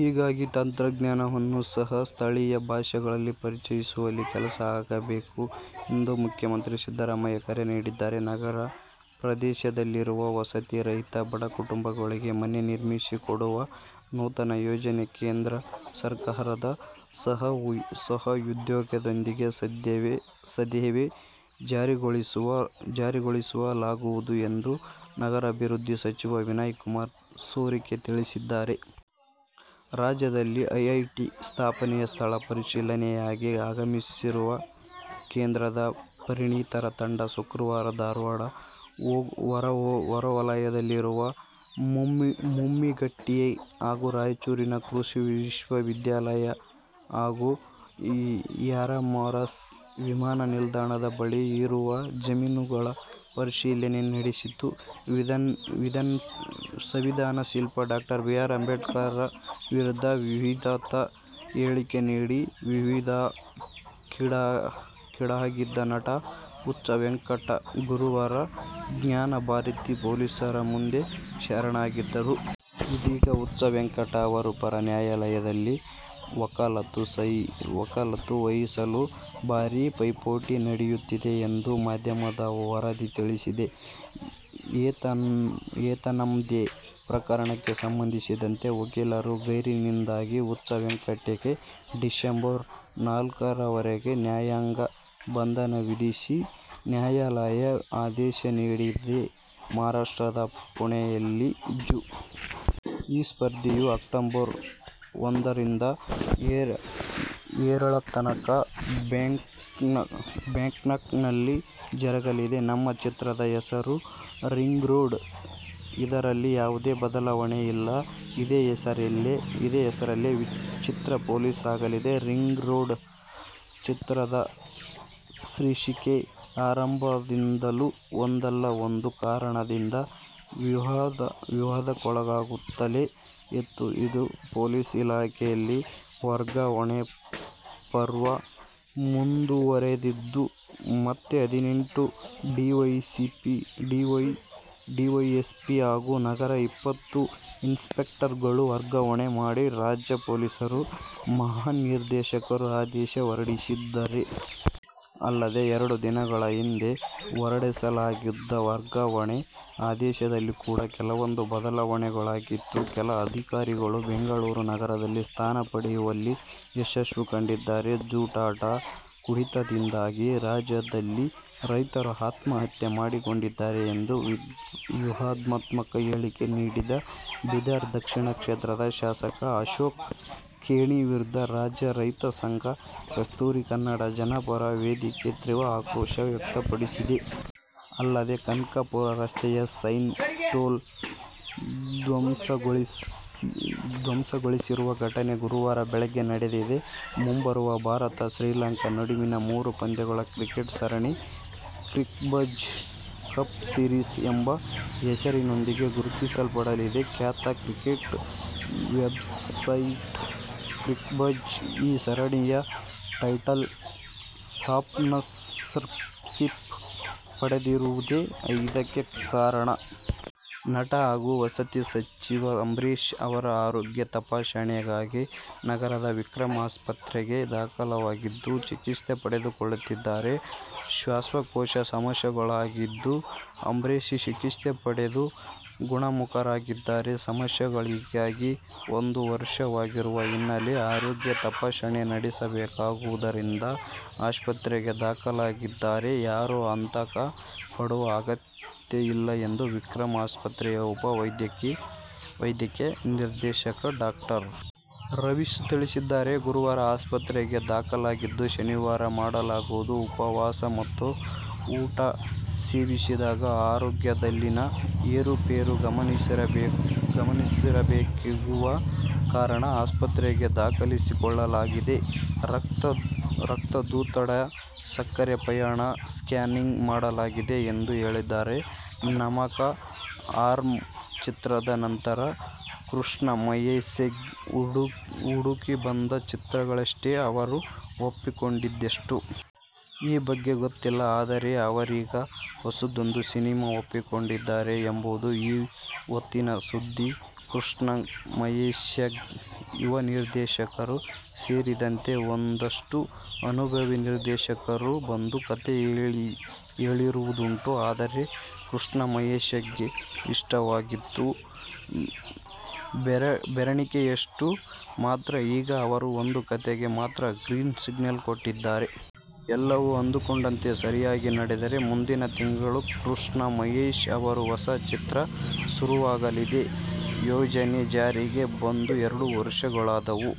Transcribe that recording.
ಹೀಗಾಗಿ ತಂತ್ರಜ್ಞಾನವನ್ನು ಸಹ ಸ್ಥಳೀಯ ಭಾಷೆಗಳಲ್ಲಿ ಪರಿಚಯಿಸುವ ಕೆಲಸ ಆಗಬೇಕು ಎಂದು ಮುಖ್ಯಮಂತ್ರಿ ಸಿದ್ದರಾಮಯ್ಯ ಕರೆ ನೀಡಿದ್ದಾರೆ. ನಗರ ಪ್ರದೇಶದಲ್ಲಿರುವ ವಸತಿ ರಹಿತ ಬಡ ಕುಟುಂಬಗಳಿಗೆ ಮನೆ ನಿರ್ಮಿಸಿಕೊಡುವ ನೂತನ ಯೋಜನೆ ಕೇಂದ್ರ ಸರ್ಕಾರದ ಸಹಯೋಗದೊಂದಿಗೆ ಸದ್ಯವೇ ಜಾರಿಗೊಳಿಸ ಲಾಗುವುದು ಎಂದು ನಗರಾಭಿವೃದ್ಧಿ ಸಚಿವ ವಿನಯಕುಮಾರ್ ಸೊರಕೆ ತಿಳಿಸಿದ್ದಾರೆ. ರಾಜ್ಯದಲ್ಲಿ ಐಐಟಿ ಸ್ಥಾಪನೆಯ ಸ್ಥಳ ಪರಿಶೀಲನೆಗಾಗಿ ಆಗಮಿಸಿರುವ ಕೇಂದ್ರದ ಪರಿಣತರ ತಂಡ ಶುಕ್ರವಾರ ಧಾರವಾಡ ಹೊರವಲಯದಲ್ಲಿರುವ ಮುಮ್ಮಿಗಟ್ಟಿ ಹಾಗೂ ರಾಯಚೂರಿನ ಕೃಷಿ ವಿಶ್ವವಿದ್ಯಾಲಯ ಹಾಗೂ ಯರಮರಸ್ ವಿಮಾನ ನಿಲ್ದಾಣದ ಬಳಿ ಇರುವ ಜಮೀನುಗಳ ಪರಿಶೀಲನೆ ನಡೆಸಿತು. ಸಂವಿಧಾನ ಶಿಲ್ಪಿ ಡಾ. ಬಿ. ಆರ್. ಅಂಬೇಡ್ಕರ್ ವಿರುದ್ಧ ವಿವಾದಿತ ಹೇಳಿಕೆ ನೀಡಿ ವಿವಾದಕ್ಕೀಡಾಗಿದ್ದ ನಟ ಹುಚ್ಚ ವೆಂಕಟ್ ಗುರುವಾರ ಜ್ಞಾನಭಾರತಿ ಪೊಲೀಸರ ಮುಂದೆ ಶರಣಾಗಿದ್ದರು. ಇದೀಗ ಹುಚ್ಚ ವೆಂಕಟ್ ಅವರ ಪರ ನ್ಯಾಯಾಲಯದಲ್ಲಿ ವಕಾಲತ್ತು ವಹಿಸಲು ಭಾರೀ ಪೈಪೋಟಿ ನಡೆಯುತ್ತಿದೆ ಎಂದು ಮಾಧ್ಯಮದ ವರದಿ ತಿಳಿಸಿದೆ. ಏತನ್ಮಧ್ಯೆ ಪ್ರಕರಣಕ್ಕೆ ಸಂಬಂಧಿಸಿದಂತೆ ವಕೀಲರು ಗೈರಿನಿಂದಾಗಿ ಹುಚ್ಚ ವೆಂಕಟ್ ಗೆ ಡಿಸೆಂಬರ್ ನಾಲ್ಕರವರೆಗೆ ನ್ಯಾಯಾಂಗ ಬಂಧನ ವಿಧಿಸಿ ನ್ಯಾಯಾಲಯ ಆದೇಶ ನೀಡಿದೆ. ಮಹಾರಾಷ್ಟ್ರದ ಪುಣೆಯಲ್ಲಿ ಜು. ಈ ಸ್ಪರ್ಧೆಯು ಅಕ್ಟೋಬರ್ ಒಂದರಿಂದ ಏಳರತನಕ ಬ್ಯಾಂಕಾಂಕ್ನಲ್ಲಿ ಜರಗಲಿದೆ. ನಮ್ಮ ಚಿತ್ರದ ಹೆಸರು ರಿಂಗ್ರೋಡ್. ಇದರಲ್ಲಿ ಯಾವುದೇ ಬದಲಾವಣೆ ಇಲ್ಲ. ಇದೇ ಹೆಸರಲ್ಲೇ ಚಿತ್ರ ರಿಲೀಸ್ ಆಗಲಿದೆ. ರಿಂಗ್ರೋಡ್' ಚಿತ್ರದ ಶೀರ್ಷಿಕೆ ಆರಂಭದಿಂದಲೂ ಒಂದಲ್ಲ ಒಂದು ಕಾರಣದಿಂದ ವಿವಾದಕ್ಕೊಳಗಾಗುತ್ತಲೇ ಇತ್ತು. ರಾಜ್ಯ ಪೊಲೀಸ್ ಇಲಾಖೆಯಲ್ಲಿ ವರ್ಗಾವಣೆ ಪರ್ವ ಮುಂದುವರೆದಿದ್ದು, ಮತ್ತೆ ಹದಿನೆಂಟು ಡಿವೈಎಸ್ಪಿ ಹಾಗೂ ನರ ಇಪ್ಪತ್ತು ಇನ್ಸ್ಪೆಕ್ಟರ್ಗಳನ್ನು ವರ್ಗಾವಣೆ ಮಾಡಿ ರಾಜ್ಯ ಪೊಲೀಸ್ ಮಹಾನಿರ್ದೇಶಕರು ಆದೇಶ ಹೊರಡಿಸಿದ್ದಾರೆ. ಅಲ್ಲದೆ, ಎರಡು ದಿನಗಳ ಹಿಂದೆ ಹೊರಡಿಸಲಾಗಿದ್ದ ವರ್ಗಾವಣೆ ಆದೇಶದಲ್ಲಿ ಕೂಡ ಕೆಲವೊಂದು ಬದಲಾವಣೆಗಳಾಗಿದ್ದು, ಕೆಲ ಅಧಿಕಾರಿಗಳು ಬೆಂಗಳೂರು ನಗರದಲ್ಲಿ ಸ್ಥಾನ ಪಡೆಯುವಲ್ಲಿ ಯಶಸ್ಸು ಕಂಡಿದ್ದಾರೆ. ಜೂಜಾಟ, ಕುಡಿತದಿಂದಾಗಿ ರಾಜ್ಯದಲ್ಲಿ ರೈತರು ಆತ್ಮಹತ್ಯೆ ಮಾಡಿಕೊಂಡಿದ್ದಾರೆ ಎಂದು ವಿವಾದಾತ್ಮಕ ಹೇಳಿಕೆ ನೀಡಿದ್ದ ಬೀದರ್ ದಕ್ಷಿಣ ಕ್ಷೇತ್ರದ ಶಾಸಕ ಅಶೋಕ್ ಖೇಣಿ ವಿರುದ್ಧ ರಾಜ್ಯ ರೈತಸಂಘ, ಕಸ್ತೂರಿ ಕನ್ನಡ ಜನಪರ ವೇದಿಕೆ ತೀವ್ರ ಆಕ್ರೋಶ ವ್ಯಕ್ತಪಡಿಸಿದೆ. ಅಲ್ಲದೇ ಕನಕಪುರ ರಸ್ತೆಯ ನೈಸ್ ಟೋಲ್ ಧ್ವಂಸಗೊಳಿಸಿರುವ ಘಟನೆ ಗುರುವಾರ ಬೆಳಗ್ಗೆ ನಡೆದಿದೆ. ಮುಂಬರುವ ಭಾರತ-ಶ್ರೀಲಂಕಾ ನಡುವಿನ ಮೂರು ಪಂದ್ಯಗಳ ಕ್ರಿಕೆಟ್ ಸರಣಿ "ಕ್ರಿಕ್ಬಝ್ ಕಪ್ ಸೀರೀಸ್' ಎಂಬ ಹೆಸರಿನೊಂದಿಗೆ ಗುರುತಿಸಲ್ಪಡಲಿದೆ. ಖ್ಯಾತ ಕ್ರಿಕೆಟ್ ವೆಬ್ಸೈಟ್ "ಕ್ರಿಕ್ಬಝ್' ಈ ಸರಣಿಯ ಟೈಟಲ್ ಸ್ಪಾನ್ಸರ್ಶಿಪ್ ಪಡೆದಿರುವುದೇ ಇದಕ್ಕೆ ಕಾರಣ. ನಟ ಹಾಗೂ ವಸತಿ ಸಚಿವ ಅಂಬರೀಶ್ ಅವರು ಆರೋಗ್ಯ ತಪಾಸಣೆಗಾಗಿ ನಗರದ ವಿಕ್ರಂ ಆಸ್ಪತ್ರೆಗೆ ದಾಖಲಾಗಿದ್ದು, ಚಿಕಿತ್ಸೆ ಪಡೆದುಕೊಳ್ಳುತ್ತಿದ್ದಾರೆ. ಶ್ವಾಸಕೋಶ ಸಮಸ್ಯೆಗೊಳಗಾಗಿದ್ದ ಅಂಬರೀಶ್ ಚಿಕಿತ್ಸೆ ಪಡೆದು ಗುಣಮುಖರಾಗಿದ್ದಾರೆ. ಸಮಸ್ಯೆಗೊಳಗಾಗಿ ಒಂದು ವರ್ಷವಾಗಿರುವ ಹಿನ್ನೆಲೆಯಲ್ಲಿ ಆರೋಗ್ಯ ತಪಾಸಣೆ ನಡೆಸಬೇಕಾಗಿರುವುದರಿಂದ ಆಸ್ಪತ್ರೆಗೆ ದಾಖಲಾಗಿದ್ದಾರೆ. ಯಾರೂ ಆತಂಕ ಪಡುವ ಅಗತ್ಯ ಇಲ್ಲ ಎಂದು ವಿಕ್ರಂ ಆಸ್ಪತ್ರೆಯ ಉಪ ವೈದ್ಯಕೀಯ ನಿರ್ದೇಶಕ ಡಾ. ರವೀಶ್ ತಿಳಿಸಿದ್ದಾರೆ. ಗುರುವಾರ ಆಸ್ಪತ್ರೆಗೆ ದಾಖಲಾಗಿದ್ದು, ಶನಿವಾರ ಮಾಡಲಾಗುವುದು. ಉಪವಾಸ ಮತ್ತು ಊಟ ಸೇವಿಸಿದಾಗ ಆರೋಗ್ಯದಲ್ಲಿನ ಏರುಪೇರು ಗಮನಿಸಬೇಕಿರುವ ಕಾರಣ ಆಸ್ಪತ್ರೆಗೆ ದಾಖಲಿಸಿಕೊಳ್ಳಲಾಗಿದೆ. ರಕ್ತದೊತ್ತಡ, ಸಕ್ಕರೆ ಪ್ರಮಾಣ, ಸ್ಕ್ಯಾನಿಂಗ್ ಮಾಡಲಾಗಿದೆ ಎಂದು ಹೇಳಿದ್ದಾರೆ. ನಮಕ್ ಹರಾಮ್ ಚಿತ್ರದ ನಂತರ ಕೃಷ್ಣಮಹೇಶ್ಗೆ ಹುಡುಕಿ ಬಂದ ಚಿತ್ರಗಳೆಷ್ಟು? ಅವರು ಒಪ್ಪಿಕೊಂಡಿದ್ದೆಷ್ಟು? ಈ ಬಗ್ಗೆ ಗೊತ್ತಿಲ್ಲ. ಆದರೆ, ಅವರೀಗ ಹೊಸದೊಂದು ಸಿನಿಮಾ ಒಪ್ಪಿಕೊಂಡಿದ್ದಾರೆ ಎಂಬುದು ಈ ಹೊತ್ತಿನ ಸುದ್ದಿ. ಕೃಷ್ಣಮಹೇಶ್ಗೆ ಯುವ ನಿರ್ದೇಶಕರು ಸೇರಿದಂತೆ ಒಂದಷ್ಟು ಅನುಭವಿ ನಿರ್ದೇಶಕರು ಬಂದು ಕಥೆ ಹೇಳಿರುವುದುಂಟು. ಆದರೆ, ಕೃಷ್ಣಮಹೇಶ್ಗೆ ಇಷ್ಟವಾಗಿದ್ದು, ಬೆರಳೆಣಿಕೆಯಷ್ಟು ಮಾತ್ರ. ಈಗ ಅವರು ಒಂದು ಕಥೆಗೆ ಮಾತ್ರ ಗ್ರೀನ್ ಸಿಗ್ನಲ್ ಕೊಟ್ಟಿದ್ದಾರೆ. ಎಲ್ಲವೂ ಅಂದುಕೊಂಡಂತೆ ಸರಿಯಾಗಿ ನಡೆದರೆ ಮುಂದಿನ ತಿಂಗಳು ಕೃಷ್ಣ ಮಹೇಶ್ ಅವರ ಹೊಸ ಚಿತ್ರ ಶುರುವಾಗಲಿದೆ. ಯೋಜನೆ ಜಾರಿಗೆ ಬಂದು ಎರಡು ವರ್ಷಗಳಾದವು.